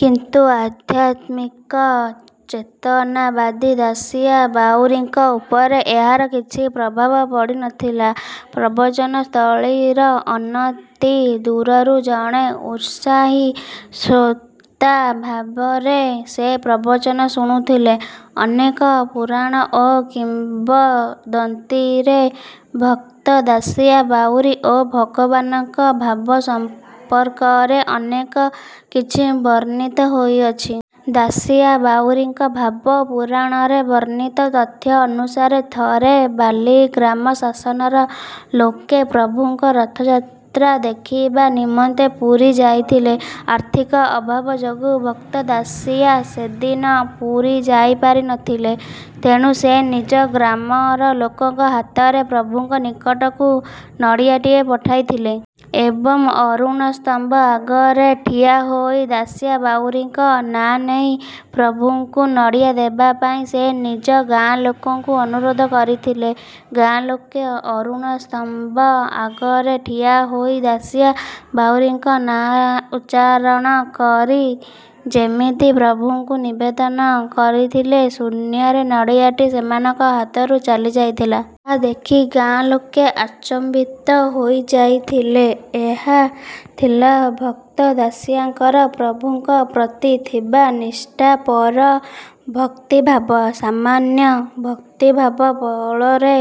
କିନ୍ତୁ ଆଧ୍ୟାତ୍ମିକ ଚେତନାବାଦୀ ଦାସିଆ ବାଉରୀଙ୍କ ଉପରେ ଏହାର କିଛି ପ୍ରଭାବ ପଡ଼ିନଥିଲା। ପ୍ରବଚନ ସ୍ଥଳୀର ଅନତି ଦୂରରୁ ଜଣେ ଉତ୍ସାହୀ ଶ୍ରୋତା ଭାବରେ ସେ ପ୍ରବଚନ ଶୁଣୁଥିଲେ। ଅନେକ ପୁରାଣ ଓ କିମ୍ବଦନ୍ତୀରେ ଭକ୍ତ ଦାସିଆ ବାଉରୀ ଓ ଭଗବାନଙ୍କ ଭାବ ସମ୍ପର୍କରେ ଅନେକ କିଛି ବର୍ଣ୍ଣିତ ହୋଇଅଛି। ଦାସିଆ ବାଉରୀଙ୍କ ଭାବ। ପୁରାଣରେ ବର୍ଣ୍ଣିତ ତଥ୍ୟ ଅନୁସାରେ ଥରେ ବାଲି ଗ୍ରାମ ଶାସନର ଲୋକେ ପ୍ରଭୁଙ୍କ ରଥଯାତ୍ରା ଦେଖିବା ନିମନ୍ତେ ପୁରୀ ଯାଇଥିଲେ। ଆର୍ଥିକ ଅଭାବ ଯୋଗୁଁ ଭକ୍ତ ଦାସିଆ ସେଦିନ ପୁରୀ ଯାଇପାରିନଥିଲେ। ତେଣୁ ସେ ନିଜ ଗ୍ରାମର ଲୋକଙ୍କ ହାତରେ ପ୍ରଭୁଙ୍କ ନିକଟକୁ ନଡ଼ିଆଟିଏ ପଠାଇଥିଲେ। ଏବଂ ଅରୁଣ ସ୍ତମ୍ଭ ଆଗରେ ଠିଆହୋଇ ଦାସିଆ ବାଉରୀଙ୍କ ନାଁ ନେଇ ପ୍ରଭୁଙ୍କୁ ନଡ଼ିଆ ଦେବା ପାଇଁ ସେ ନିଜ ଗାଁ ଲୋକଙ୍କୁ ଅନୁରୋଧ କରିଥିଲେ। ଗାଁ ଲୋକେ ଅରୁଣ ସ୍ତମ୍ଭ ଆଗରେ ଠିଆ ହୋଇ ଦାସିଆ ବାଉରୀଙ୍କ ନାଁ ଉଚ୍ଚାରଣ କରି ଯେମିତି ପ୍ରଭୁଙ୍କୁ ନିବେଦନ କରିଥିଲେ ଶୂନ୍ୟରେ ନଡ଼ିଆଟି ସେମାନଙ୍କ ହାତରୁ ଚାଲିଯାଇଥିଲା। ଏହା ଦେଖି ଗାଁ ଲୋକେ ଆଚମ୍ବିତ ହୋଇଯାଇଥିଲେ। ଏହା ଥିଲା ଭକ୍ତ ଦାସିଆଙ୍କର ପ୍ରଭୁଙ୍କ ପ୍ରତି ଥିବା ନିଷ୍ଠାପର ଭକ୍ତିଭାବ। ସାମାନ୍ୟ ଭକ୍ତିଭାବ ବଳରେ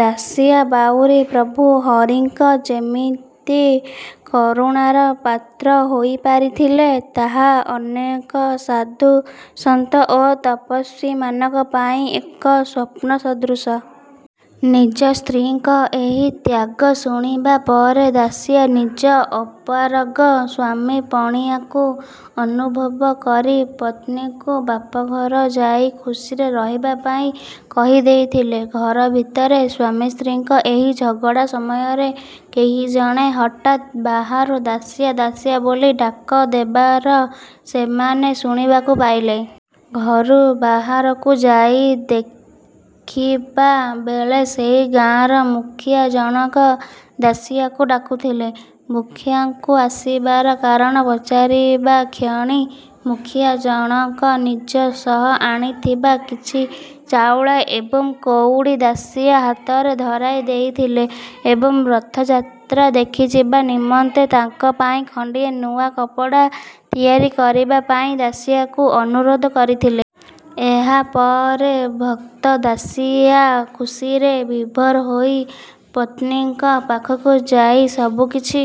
ଦାସିଆ ବାଉରୀ ପ୍ରଭୁ ହରିଙ୍କ ଯେମିତି କରୁଣାର ପାତ୍ର ହୋଇପାରିଥିଲେ ତାହା ଅନେକ ସାଧୁ ସନ୍ଥ ଓ ତପସ୍ୱୀମାନଙ୍କ ପାଇଁ ଏକ ସ୍ୱପ୍ନ ସଦୃଶ। ନିଜ ସ୍ତ୍ରୀଙ୍କ ଏହି ତ୍ୟାଗ ଶୁଣିବା ପରେ ଦାସିଆ ନିଜ ଅପାରଗ ସ୍ୱାମୀପଣିଆକୁ ଅନୁଭବ କରି ପତ୍ନୀଙ୍କୁ ବାପଘର ଯାଇ ଖୁସିରେ ରହିବା ପାଇଁ କହିଦେଇଥିଲେ। ଘର ଭିତରେ ସ୍ୱାମୀ ସ୍ତ୍ରୀଙ୍କ ଏହି ଝଗଡ଼ା ସମୟରେ କେହି ଜଣେ ହଠାତ୍ ବାହାରୁ ଦାସିଆ ଦାସିଆ ବୋଲି ଡାକ ଦେବାର ସେମାନେ ଶୁଣିବାକୁ ପାଇଲେ। ଘରୁ ବାହାରକୁ ଯାଇ ଦେଖିବା ବେଳେ ସେହି ଗାଁର ମୁଖିଆ ଜଣକ ଦାସିଆଙ୍କୁ ଡାକୁଥିଲେ। ମୁଖିଆଙ୍କୁ ଆସିବାର କାରଣ ପଚାରିବା କ୍ଷଣି ମୁଖିଆ ଜଣକ ନିଜ ସହ ଆଣିଥିବା କିଛି ଚାଉଳ ଏବଂ କଉଡ଼ି ଦାସିଆ ହାତରେ ଧରାଇ ଦେଇଥିଲେ ଏବଂ ରଥଯାତ୍ରା ଦେଖିଯିବା ନିମନ୍ତେ ତାଙ୍କ ପାଇଁ ଖଣ୍ଡିଏ ନୂଆ କପଡ଼ା ତିଆରି କରିବା ପାଇଁ ଦାସିଆ କୁ ଅନୁରୋଧ କରିଥିଲେ। ଏହା ପରେ ଭକ୍ତ ଦାସିଆ ଖୁସିରେ ବିଭୋର ହୋଇ ପତ୍ନୀଙ୍କ ପାଖକୁ ଯାଇ ସବୁ କିଛି